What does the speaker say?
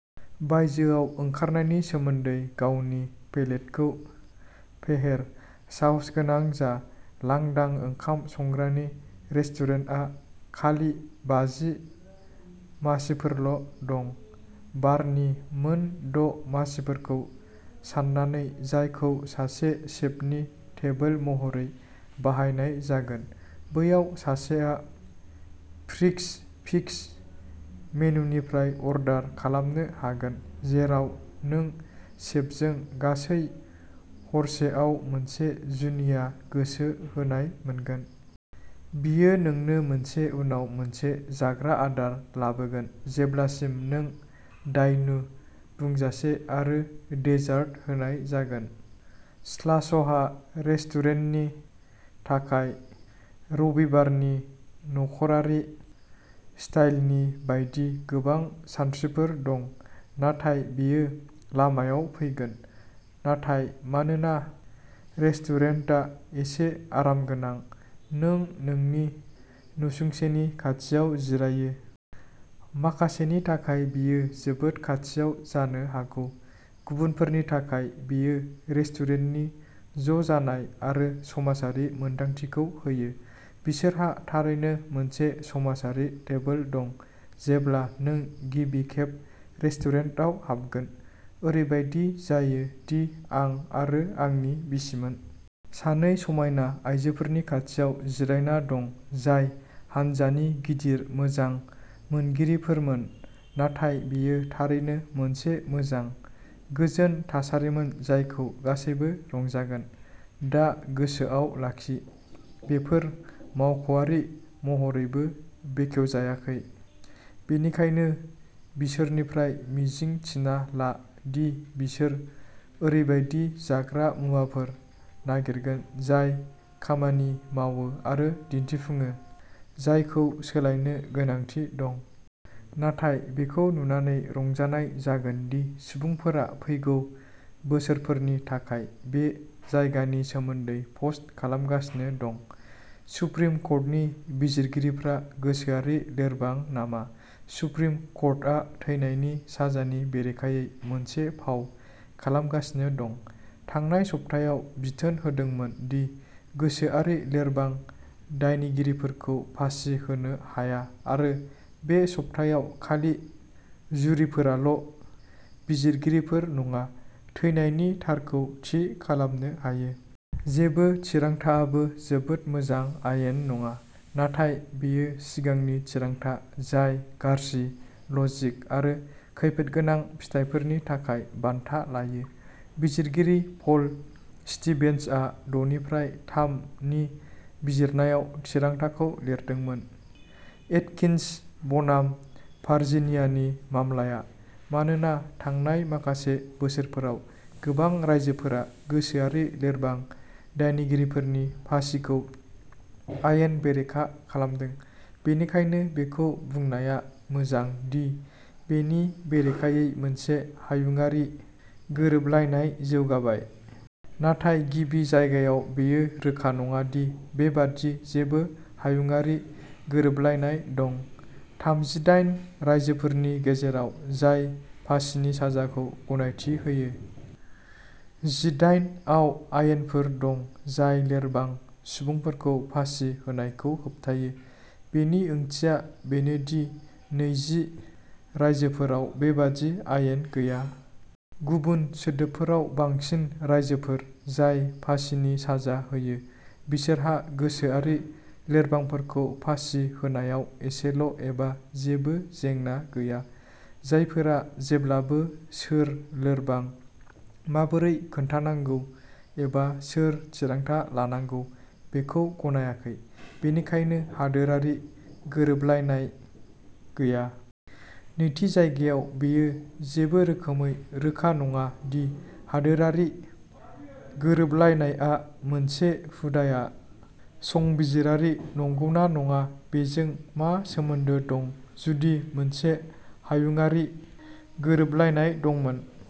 बायजोआव ओंखारनायनि सोमोन्दै गावनि पेलेटखौ फेहेर, साहसगोनां जा। लांदां ओंखाम संग्रानि रेस्टुरेन्टआ खालि बाजि मासिफोरल' दं, बारनि मोन द’ मासिफोरखौ साननानै जायखौ सासे सेफनि टेबोल महरै बाहायनाय जागोन। बैयाव सासेआ प्रिक्स फिक्स मेनुनिफ्राय अर्डार खालामनो हागोन जेराव नों सेफजों गासै हरसेआव मोनसे जुनिया गोसो होनाय मोनगोन। बियो नोंनो मोनसे उनाव मोनसे जाग्रा आदार लाबोगोन जेब्लासिम नों दायनु बुंजासे आरो डेजार्ट होनाय जागोन। श्लासहा रेस्टुरेन्टनि थाखाय रबिबारनि नख'रारि स्टाइलनि बायदि गोबां सानस्रिफोर दं, नाथाय बेयो लामायाव फैगोन। नाथाय मानोना रेस्टुरेन्टा एसे आरामगोनां नों नोंनि नसुंसेनि खाथियाव जिरायो। माखासेनि थाखाय बेयो जोबोद खाथियाव जानो हागौ, गुबुनफोरनि थाखाय, बेयो रेस्टुरेन्टनि ज'जानाय आरो समाजारि मोन्दांथिखौ होयो बिसोरहा थारैनो मोनसे समाजारि टेबोल दं जेब्ला नों गिबि खेब रेस्टुरेन्टआव हाबगोन। ओरैबायदि जायो दि आं आरो आंनि बिसिमोन। सानै समायना आयजोफोरनि खाथियाव जिरायना दं, जाय हानजानि गिदिर मोजां मोनगिरिफोरमोन नाथाय बेयो थारैनो मोनसे मोजां, गोजोन थासारिमोन जायखौ गासैबो रंजागोन। दा गोसोआव लाखि, बेफोर मावख'आरि महरैबो बेखेवजायाखै, बेनिखायनो बिसोरनिफ्राय मिजिं थिना ला दि बिसोर ओरैबायदि जाग्रा मुवाफोर नागिरगोन जाय खामानि मावो आरो दिन्थिफुङो जायखौ सोलायनो गोनांथि दं। नाथाय बेखौ नुनानै रंजानाय जागोन दि सुबुंफोरा फैगौ बोसोरफोरनि थाखाय बे जायगानि सोमोन्दै पस्ट खालामगासिनो दं। सुप्रिम कर्टनि बिजिरगिरिफ्रा गोसोआरि लोरबां नामा? सुप्रिम कर्टआ थैनायनि साजानि बेरेखायै मोनसे फाव खालामगासिनो दं, थांनाय सप्तायाव बिथोन होदोंमोन दि गोसोआरि लोरबां दायनिगिरिफोरखौ फासि होनो हाया आरो बे सप्तायाव खालि जुरिफोराल', बिजिरगिरिफोर नङा, थैनायनि थारखौ थि खालामनो हायो। जेबो थिरांथाआबो जोबोद मोजां आयेन नङा, नाथाय बेयो सिगांनि थिरांथा जाय गाज्रि लजिक आरो खैफोदगोनां फिथायफोरनि थाखाय बान्था लायो। बिजिरगिरि पल स्टिभेन्सआ दनिफ्राइ थाम नि बिजिरनायाव थिरांथाखौ लिरदोंमोन। एटकिन्स बनाम भार्जिनियानि मामलाया, मानोना थांनाय माखासे बोसोरफोराव गोबां रायजोफोरा गोसोआरि लोरबां दायनिगिरिफोरनि फासिखौ आयेन बेरेखा खालामदों, बेनिखायनो बेखौ बुंनाया मोजां दि बेनि बेरेखायै मोनसे हायुङारि गोरोबलायनाय जौगाबाय। नाथाय गिबि जायगायाव, बेयो रोखा नङा दि बेबादि जेबो हायुङारि गोरोबलायनाय दं। थामजिदाइन रायजोफोरनि गेजेराव जाय फासिनि साजाखौ गनायथि होयो, जिदाइन आव आयेनफोर दं जाय लोरबां सुबुंफोरखौ फासि होनायखौ होबथायो। बेनि ओंथिया बेनो दि नैजि रायजोफोराव बेबादि आयेन गैया। गुबुन सोदोबफोराव, बांसिन रायजोफोर जाय फासिनि साजा होयो बिसोरहा गोसोआरि लोरबांफोरखौ फासि होनायाव एसेल' एबा जेबो जेंना गैया। जायफोरा जेब्लाबो सोर लोरबां, माबोरै खोन्थानांगौ, एबा सोर थिरांथा लानांगौ बेखौ गनायाखै। बेनिखायनो, हादोरारि गोरोबलायनाय गैया। नैथि जायगायाव, बेयो जेबो रोखोमै रोखा नङा दि हादोरारि गोरोबलायनाय आ मोनसे हुदाया संबिजिरारि नंगौना नङा बेजों मा सोमोन्दो दं। जुदि मोनसे हायुङारि गोरोबलायनाय दंमोन।